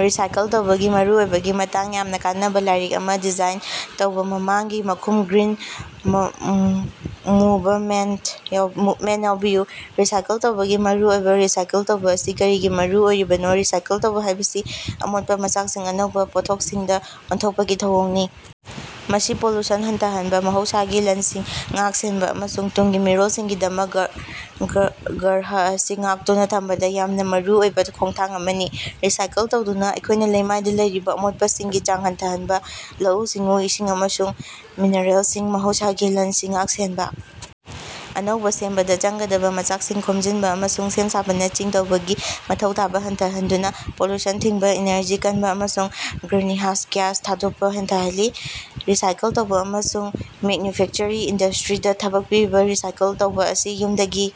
Recycle ꯇꯧꯕꯒꯤ ꯃꯔꯨꯑꯣꯏꯕꯒꯤ ꯃꯇꯥꯡꯗ ꯌꯥꯝꯅ ꯀꯥꯟꯅꯕ ꯂꯥꯏꯔꯤꯛ ꯑꯃ ꯗꯤꯖꯥꯏꯟ ꯇꯧꯕꯥ꯫ ꯃꯃꯥꯡꯒꯤ ꯃꯈꯨꯝ ꯒ꯭ꯔꯤꯟ ꯃꯨꯕꯃꯦꯟꯇꯇꯥ ꯌꯥꯎꯕꯤꯌꯨ ꯔꯤꯁꯥꯏꯀꯜ ꯇꯧꯕꯒꯤ ꯃꯔꯨꯑꯣꯏꯕꯥ ꯔꯤꯁꯥꯏꯀꯜ ꯇꯧꯕꯥ ꯑꯁꯤ ꯀꯔꯤꯒꯤ ꯃꯔꯨ ꯑꯣꯏꯔꯤꯕꯅꯣ ꯔꯤꯁꯥꯏꯀꯜ ꯇꯧꯕꯥ ꯍꯥꯢꯕꯁꯤ ꯑꯃꯣꯠꯄ ꯃꯆꯥꯛꯁꯤꯡ ꯑꯅꯧꯕ ꯄꯣꯠꯊꯣꯛꯁꯤꯡꯗ ꯑꯣꯟꯊꯣꯛꯄꯒꯤ ꯊꯧꯑꯣꯡꯅꯤ꯫ ꯃꯁꯤ ꯄꯣꯂꯨꯁꯟ ꯍꯟꯊꯍꯟꯕ ꯃꯍꯧꯁꯥꯒꯤ ꯂꯟꯁꯤꯡ ꯉꯥꯛ-ꯁꯦꯟꯕ ꯑꯃꯁꯨꯡ ꯇꯨꯡꯒꯤ ꯃꯤꯔꯣꯜꯁꯤꯡꯒꯤꯗꯃꯛ ꯒ꯭ꯔꯍ ꯑꯁꯤ ꯉꯥꯛꯇꯨꯅꯥ ꯊꯝꯕꯗ ꯌꯥꯝꯅ ꯃꯔꯨ ꯑꯣꯏꯕꯥ ꯈꯣꯡꯊꯥꯡ ꯑꯃꯅꯤ꯫ ꯔꯤꯁꯥꯏꯀꯜ ꯇꯧꯗꯨꯅꯥ ꯑꯩꯈꯣꯢꯅ ꯂꯩꯃꯥꯏꯗ ꯂꯩꯔꯤꯕ ꯑꯃꯣꯠꯄꯁꯤꯡꯒꯤ ꯆꯥꯡ ꯍꯟꯊꯍꯟꯕ ꯂꯧꯎ-ꯁꯤꯡꯎ ꯏꯁꯤꯡ ꯑꯃꯁꯨꯡ ꯃꯤꯅꯔꯦꯜꯁꯤꯡ ꯃꯍꯧꯁꯥꯒꯤ ꯂꯟꯁꯤꯡ ꯉꯥꯛ-ꯁꯦꯟꯕ ꯑꯅꯧꯕꯥ ꯁꯦꯝꯕꯗ ꯆꯪꯒꯗꯕ ꯃꯆꯥꯛꯁꯤꯡ ꯈꯣꯝꯖꯤꯟꯕ ꯑꯃꯁꯨꯡ ꯁꯦꯝ ꯁꯥꯕꯅ ꯆꯤꯡꯕ ꯇꯧꯕꯒꯤ ꯃꯊꯧ ꯇꯥꯕ ꯍꯟꯊꯍꯟꯗꯨꯅ ꯄꯣꯂꯨꯁꯟ ꯊꯤꯡꯕꯥ ꯏꯅꯔꯖꯤ ꯀꯟꯕ ꯑꯃꯁꯨꯡ ꯒ꯭ꯔꯤꯅꯍꯥꯎꯁ ꯒ꯭ꯌꯥꯁ ꯊꯥꯗꯣꯛꯄ ꯍꯟꯊꯍꯜꯂꯤ꯫ ꯔꯤꯁꯥꯏꯀꯜ ꯇꯧꯕꯥ ꯑꯃꯁꯨꯡ ꯃꯦꯅꯌꯨꯐꯦꯛꯆꯔꯤꯡ ꯏꯟꯗꯁꯇ꯭ꯔꯤꯁꯤꯡꯗ ꯊꯕꯛ ꯄꯤꯕ ꯔꯤꯁꯥꯏꯀꯜ ꯇꯧꯕ ꯑꯁꯤ ꯌꯨꯝꯗꯒꯤ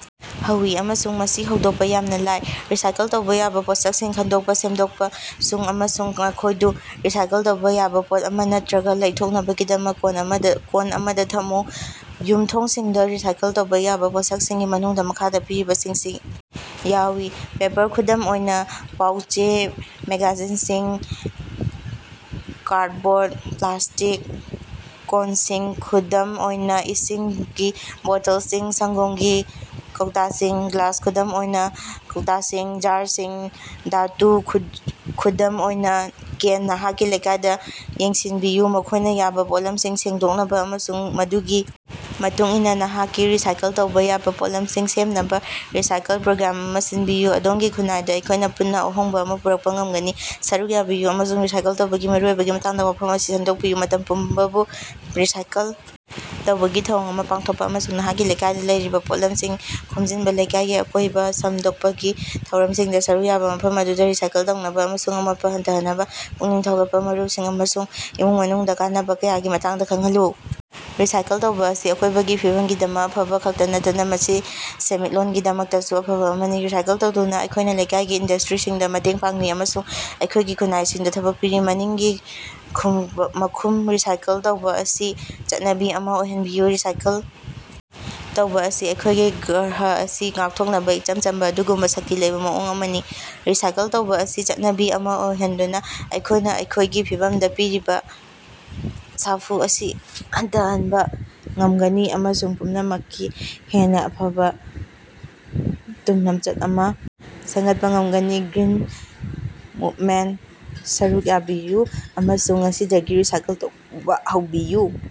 ꯍꯧꯏ ꯑꯃꯁꯨꯡ ꯃꯁꯤ ꯍꯧꯗꯣꯛꯄꯥ ꯌꯥꯝꯅꯥ ꯂꯥꯏ꯫ ꯔꯤꯁꯥꯏꯀꯜ ꯇꯧꯕꯥ ꯌꯥꯕꯥ ꯄꯣꯠꯁꯛꯁꯤꯡ ꯈꯟꯗꯣꯛꯄ ꯁꯦꯡꯗꯣꯛꯄ ꯁꯨꯡꯕ ꯑꯃꯁꯨꯡ ꯃꯈꯣꯢꯗꯨ ꯔꯤꯁꯥꯏꯀꯜ ꯇꯧꯕꯥ ꯌꯥꯕ ꯄꯣꯠ ꯑꯃꯗ ꯅꯠꯇ꯭ꯔꯒ ꯂꯧꯊꯣꯛꯅꯕꯒꯤꯗꯃꯛ ꯀꯣꯟ ꯑꯃꯗ ꯊꯝꯃꯨ꯫ ꯌꯨꯝꯊꯣꯡꯁꯤꯡꯗ ꯔꯤꯁꯥꯏꯀꯜ ꯇꯧꯕꯥ ꯌꯥꯕꯥ ꯄꯣꯠꯁꯛꯁꯤꯡꯒꯤ ꯃꯅꯨꯡꯗꯥ ꯃꯈꯥꯗꯥ ꯄꯤꯔꯤꯕꯁꯤꯡꯁꯤ ꯌꯥꯎꯏ ꯄꯦꯄꯔ ꯈꯨꯗꯝ ꯑꯣꯏꯅꯥ, ꯄꯥꯎ-ꯆꯦ, ꯃꯦꯒꯥꯖꯤꯟꯁꯤꯡ, ꯀꯥꯔꯗꯕꯣꯔꯗ ꯄ꯭ꯂꯥꯁ꯭ꯇꯤꯛ ꯀꯣꯟꯁꯤꯡ ꯈꯨꯗꯝ ꯑꯣꯏꯅꯥ ꯏꯁꯤꯡꯒꯤ ꯕꯣꯇꯜꯁꯤꯡ ꯁꯡꯒꯣꯝꯒꯤ ꯀꯧꯇꯁꯤꯡ ꯒ꯭ꯂꯥꯁ ꯈꯨꯗꯝ ꯑꯣꯏꯅꯥ ꯀꯧꯇꯁꯤꯡ ꯖꯥꯔꯁꯤꯡ ꯙꯥꯇꯨ ꯈꯨꯗꯝ ꯑꯣꯏꯅ ꯀꯦꯟ ꯅꯍꯥꯛꯀꯤ ꯂꯩꯀꯥꯏꯗ ꯌꯦꯡꯁꯤꯟꯕꯤꯎ꯫ ꯃꯈꯣꯢꯅ ꯌꯥꯕ ꯄꯣꯠꯂꯝꯁꯤꯡ ꯁꯦꯝꯗꯣꯛꯅꯕ ꯑꯃꯁꯨꯡ ꯃꯗꯨꯒꯤ ꯃꯇꯨꯡ ꯏꯟꯅ ꯅꯍꯥꯛꯀꯤ ꯔꯤꯁꯥꯏꯀꯜ ꯇꯧꯕꯥ ꯌꯥꯕ ꯄꯣꯠꯂꯝꯁꯤꯡ ꯁꯦꯝꯅꯕ ꯔꯤꯁꯥꯏꯀꯜ ꯄ꯭ꯔꯣꯒ꯭ꯔꯥꯝ ꯑꯃ ꯁꯤꯟꯕꯤꯎ꯫ ꯑꯗꯣꯝꯒꯤ ꯈꯨꯟꯅꯥꯏꯗ ꯑꯩꯈꯣꯢꯅ ꯄꯨꯟꯅ ꯑꯍꯣꯡꯕ ꯑꯃ ꯄꯨꯔꯛꯄ ꯉꯝꯒꯅꯤ꯫ ꯁꯔꯨꯛ ꯌꯥꯕꯤꯌꯨ ꯑꯃꯁꯨꯡ ꯔꯤꯁꯥꯏꯀꯜ ꯇꯧꯕꯒꯤ ꯃꯔꯨꯑꯣꯏꯕꯒꯤ ꯃꯇꯥꯡꯗ ꯋꯥꯐꯝ ꯑꯁꯤ ꯁꯟꯗꯣꯛꯄꯗ ꯃꯇꯦꯡ ꯄꯥꯡꯕꯤꯌꯨ ꯔꯤꯁꯥꯏꯀꯜ ꯇꯧꯕꯒꯤ ꯊꯧꯑꯣꯡ ꯑꯃ ꯄꯥꯡꯊꯣꯛꯎ ꯑꯃꯁꯨꯡ ꯅꯍꯥꯛꯀꯤ ꯂꯩꯀꯥꯏꯗ ꯂꯩꯔꯤꯕꯥ ꯄꯣꯠꯂꯝꯁꯤꯡ ꯈꯣꯝꯖꯤꯟꯕ ꯂꯩꯀꯥꯏꯒꯤ ꯑꯀꯣꯏꯕ ꯁꯦꯡꯗꯣꯛꯄꯒꯤ ꯊꯧꯔꯝꯁꯤꯡꯗ ꯁꯔꯨꯛ ꯌꯥꯕ ꯃꯐꯝ ꯑꯗꯨꯗ ꯔꯤꯁꯥꯏꯀꯜ ꯇꯧꯅꯕꯥ ꯑꯃꯁꯨꯡ ꯑꯃꯣꯠꯄꯥ ꯍꯟꯊꯍꯟꯅꯕꯥ ꯄꯨꯛꯅꯤꯡ ꯊꯧꯒꯠꯄꯥ ꯃꯔꯨꯄꯁꯤꯡ ꯑꯃꯁꯨꯡ ꯏꯃꯨꯡ ꯃꯅꯨꯡꯗꯥ ꯀꯥꯟꯅꯕ ꯀꯌꯥꯒꯤ ꯃꯇꯥꯡꯗꯥ ꯈꯡꯍꯟꯂꯨ꯫ ꯔꯤꯁꯥꯏꯀꯜ ꯇꯧꯕꯥ ꯑꯁꯤ ꯑꯀꯣꯢꯕꯒꯤ ꯐꯤꯕꯝꯒꯤꯗꯃꯛ ꯑꯐꯕꯥ ꯈꯛꯇꯥ ꯅꯠꯇꯅ ꯃꯁꯤ ꯁꯦꯟꯃꯤꯠꯂꯣꯟꯒꯤꯗꯃꯛꯇꯁꯨ ꯑꯐꯕ ꯑꯃꯅꯤ꯫ ꯔꯤꯁꯥꯏꯀꯜ ꯇꯧꯗꯨꯅꯥ ꯑꯩꯈꯣꯢꯅ ꯂꯩꯀꯥꯏꯒꯤ ꯏꯟꯗꯁꯇ꯭ꯔꯤꯁꯤꯡꯗ ꯃꯇꯦꯡ ꯄꯥꯡꯂꯤ ꯑꯃꯁꯨꯡ ꯑꯩꯈꯣꯢꯒꯤ ꯈꯨꯟꯅꯥꯏꯁꯤꯡꯗ ꯊꯕꯛ ꯄꯤꯔꯤ꯫ ꯃꯅꯤꯡꯒꯤ ꯃꯈꯨꯝ ꯔꯤꯁꯥꯏꯀꯜ ꯇꯧꯕꯥ ꯑꯁꯤ ꯆꯠꯅꯕꯤ ꯑꯃꯥ ꯑꯣꯏꯍꯟꯕꯤꯌꯨ ꯔꯤꯁꯥꯏꯀꯜ ꯇꯧꯕꯥ ꯑꯁꯤ ꯑꯩꯈꯣꯢꯒꯤ ꯒ꯭ꯔꯍ ꯑꯁꯤ ꯉꯥꯛꯊꯣꯛꯅꯕ ꯏꯆꯝ ꯆꯝꯕ ꯑꯗꯨꯒꯨꯝꯕ ꯁꯛꯇꯤ ꯂꯩꯕꯥ ꯃꯑꯣꯡ ꯑꯃꯅꯤ꯫ ꯔꯤꯁꯥꯏꯀꯜ ꯇꯧꯕꯥ ꯑꯁꯤ ꯆꯠꯅꯕꯤ ꯑꯃ ꯑꯣꯏꯍꯟꯗꯨꯅ ꯑꯩꯈꯣꯢꯅ ꯑꯀꯣꯢꯕꯒꯤ ꯐꯤꯕꯝꯗ ꯄꯤꯔꯤꯕ ꯁꯥꯐꯨ ꯑꯁꯤ ꯍꯟꯊꯍꯟꯕ ꯉꯝꯒꯅꯤ ꯑꯃꯁꯨꯡ ꯄꯨꯝꯅꯃꯛꯀꯤ ꯍꯦꯟꯅ ꯐꯕ ꯇꯨꯡꯂꯝꯆꯠ ꯑꯃ ꯁꯦꯝꯒꯠꯄ ꯉꯝꯒꯅꯤ꯫ ꯒ꯭ꯔꯤꯟ ꯃꯨꯕꯃꯦꯟꯇꯗ ꯁꯔꯨꯛ ꯌꯥꯕꯤꯌꯨ ꯑꯃꯁꯨꯡ ꯉꯁꯤꯗꯒꯤ ꯔꯤꯁꯥꯏꯀꯜ ꯇꯧꯕꯥ ꯍꯧꯕꯤꯌꯨ꯫